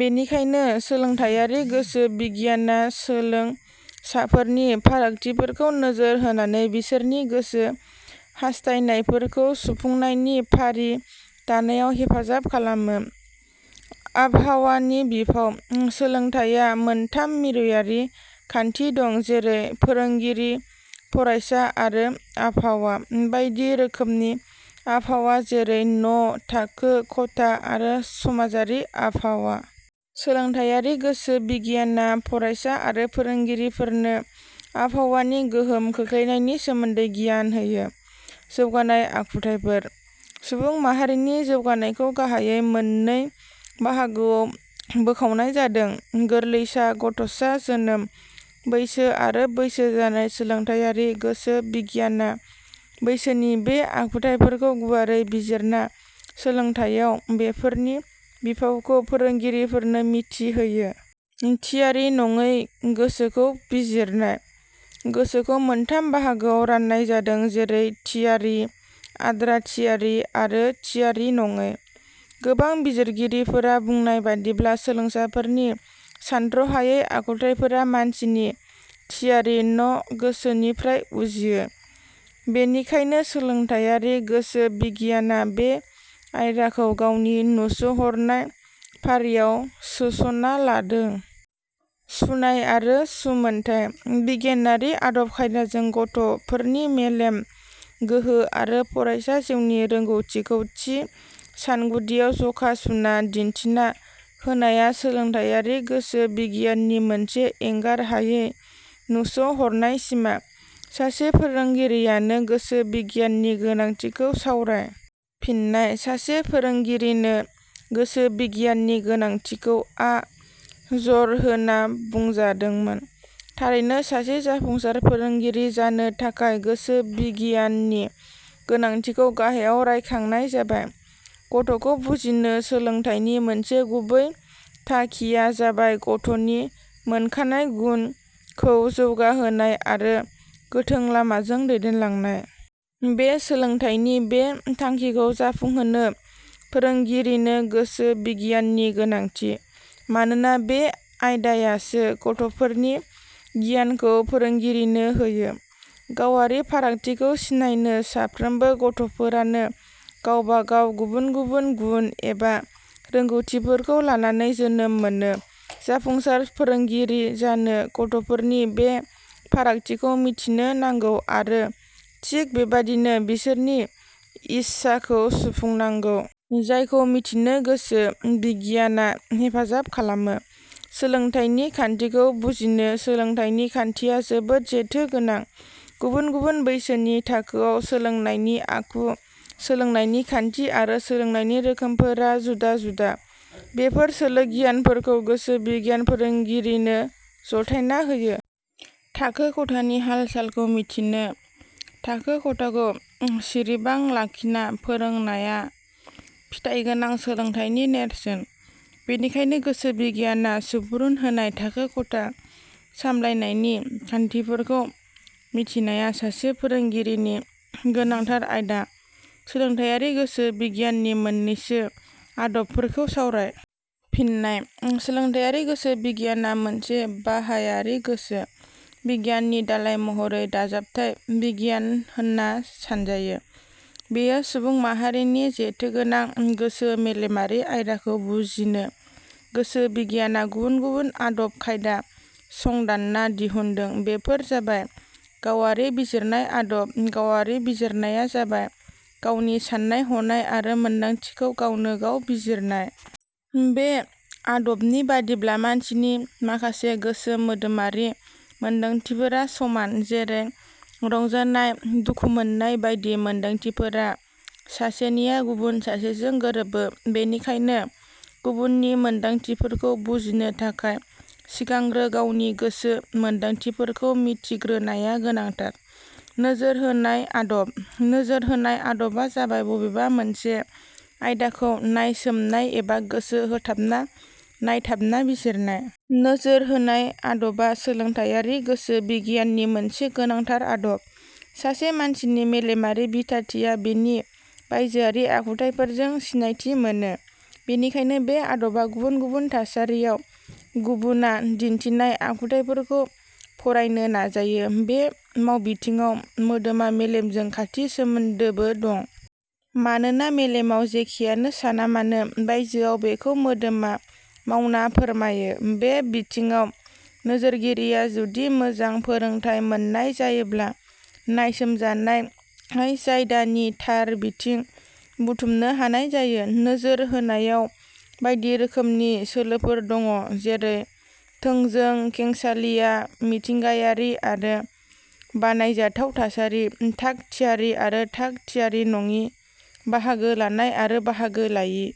बेनिखायनो सोलोंथाइयारि गोसो बिगियाना सोलों साफोरनि फारागथिफोरखौ नोजोर होनानै बिसोरनि गोसो हासथायनायफोरखौ सुफुंनायनि फारि दानायाव हेफाजाब खालामो। आबहावानि बिफाव: सोलोंथाइया मोनथाम मिरुयारि खान्थि दं। जैरै- फोरोंगिरि, फरायसा आरो आबहावा। बायदि रोखोमनि आबहावा जैरै- न', थाखो खथा आरो समाजारि आबहावा। सोलोंथाइयारि गोसो बिगियाना फरायसा आरो फोरोंगिरिफोरनो आबहावानि गोहोम खोख्लैनायनि सोमोन्दै गियान होयो। जौगानाय आखुथाइफोर: सुबुं माहारिनि जौगानायखौ गाहाइयै मोनत्रै बाहागोआव बोखावनाय जादों- गोरलैसा, गथ'सा, जौमोन बैसो आरो बैसो जानाय। सोलोंथाइयारि गोसो बिगियाना बैसोनि बे आखुथाइफोरखौ गुवारै बिजिरना सोलोंथाइयाव बेफोरनि बिफावखौ फोरोंगिरिफोरनो मिथि होयो। थियारि नङै गोसोखौ बिजिरनाय: गोसोखौ मोनथाम बाहागोआव रान्नाय जादों। जेरै थियारि, आद्रा थियारि आरो थियारि नडै। गोबां बिजिरगिरिफोरा बुंनाय बादिब्ला सोलोंसाफोरनि सानथ्रहायै आखुथाइफोरा मानसिनि थियारि न गोसोनिफ्राय उजियो। बेनिखायनो सोलोंथाइयारि गोसो बिगियाना बे आयदाखौ गावनि नुस'हरनाय फारियाव सोसना लादों। सुनाय आरो सुमोनथाइ: बिगियानारि आदब खायदाजों गथ 'फोरनि मेलेम गोहो आरो फरायसा जिउनि रोंगौथिफोरखौ थि सानगुदियाव जखा सुना दिन्थिना होनाया सोलोंथाइयारि गोसो बिगियाननि मोनसे एंगार हायै नुस 'हरनाय सिमा। सासे फोरोंगिरिनो गोसो बिगियाननि गोनांथिखौ सावराय। फिननाय: सासे फोरोंगिरिनो गोसो बिगियाननि गोनांथिखौ आ जरहोना बुंजादोंमोन। थारैनो सासे जाफुंसार फोरोंगिरि जानो थाखाय गोसो बिगियाननि गोनांथिखौ गाहायाव रायखांनाय जाबाय। गथ 'खौ बुजिनो: सोलोंथाइनि मोनसे गुबै थाखिया जाबाय गथ'नि मोनखानाय गुनखौ जौगाहोनाय आरो गोथों लामाजों दैदेनलांनाय। बे सोलोंथाइनि बे थांखिखौ जाफुंहोनो फोरोंगिरिनो गोसो बिगियाननि गोनांथि। मानोना बे आयदायासो गथ'फोरनि गियानखौ फोरोंगिरिनो होयो। गावारि फारागथिखौ सिनायनो: साफ्रोमबो गथ'फोरानो गावबा गाव गुबुन गुबुन गुन एबा रोंगौथिफोरखौ लानानै जोनोम मोनो। जाफुंसार फोरोंगिरि जानो गथ'फोरनि बे फारागथिखौ मिथिनो नांगौ आरो थिग बेबादिनो बिसोरनि इससाखौ सुफुंनांगौ। जायखौ मिथिनो गोसो बिगियाना हेफाजाब खालामो। सोलोंथाइनि खान्थिखौ बुजिनो: सोलोंनायनि खान्थिया जोबोद जेथो गोनां। गबुन गुबुन बैसोनि थाखोआव सोलोंनायनि आखु, सोलोंनायनि खान्थि आरो सोलोंनायनि रोखोमफोरा जुदा-जुदा। बेफोर सोलो गियानफोरखौ गोसो बिगियाना फोरोंगिरिनो जथायना होयो। थाखो खथानि हाल-सालखौ मिथिनो: थाखो खथाखौ सिरिबाङ लाखिना फोरोंनाया फिथाइगोनां सोलोंथाइनि नेरसोन। बेनिखायनो गोसो बिगियाना सुबुरुन होनाय थाखो खथा सामब्लायनायनि खान्थिफोरखौ मिथिनाया सासे फोरोंगिरिनि गोनांथार आयदा। सोलोंथाइयारि गोसो बिगियाननि मोननैसो आदबफोरखौ सावराय। फिननाय: सोलोंथायारि गोसो बिगियाना मोनसे बाहायारि गोसो बिगियाननि दालाइ महरै दाजाबथाइ बिगियान होनना सानजायो। बेयो सुबुंमाहारिनि जेथोगोनां गोसो-मेलेमारि आयदाखौ बुजिनो गोसो बिगियाना गुबुन गुबुन आदब खायदा संदान्ना दिहुनदों। बेफोर जाबाय-. गावारि बिजिरनायनि आदब: गावारि बिजिरनाया जाबाय-गावनि सान्नाय-हनाय आरो मोनदांथिखौ गावनो गाव बिजिरनाय। बे आदबनि बादिब्ला मानसिनि माखासे गोसो-मोदोमारि मोनदांथिफोरा समान। जेरै- रंजानाय, दुखुमोन्नाय बायदि मोनदांथिफोरा सासेनिया गुबुन सासेजों गोरोबो बेनिखायनो गुबुननि मोनदांथिफोरखौ बुजिनो थाखाय सिगांग्रो गावनि गोसो-मोनदांथिफोरखौ मिथिग्रोनाया गोनांथार।.नोजोर होनाय आदब: नोजोर होनाय आदबा जाबाय बबेबा मोनसे आयदाखौ नायसोमनाय एबा गोसो होथाबना नायथाबना बिजिरनाय। नोजोर होनाय आदबा सोलोंथाइयारि गोसो बिगियाननि मोनसे गोनांथार आदब। सासे मानसिनि मेलेमारि बिथाथिया बिनि बायजोआरि आखुथाइफोरजो सिनायथि मोनो। बेनिखायनो बे आदबा गुबुन गुबुन थासारियाव गुबुना दिन्थिनाय आखुथाइफोरखौ फरायनो नाजायो। बे मावबिथिङाव मोदोमा मेलेमजों खाथि सोमोन्दोबो दं। मानोना मेलेमाव जेखियानो सानामानो बायजोआव बेखौ मोदोमा मावना फोरमायो। बे बिथिङाव नोजोरगिरिया जुदि मोजां फोरोंथाइ मोन्नाय जायोब्ला नायसोमजानाय जायगानि थार बिथिं बुथुमनो हानाय जायो। नोजोर होनायाव बायदि रोखोमनि सोलोफोर दङ'। जेरै- थोंजों, खेंसालिया, मिथिंगायारि आरो बानायजानाय थासारि, थाग- थियारि आरो थाग-थियारि नङि, बाहागो लानाय आरो बाहागो लायि।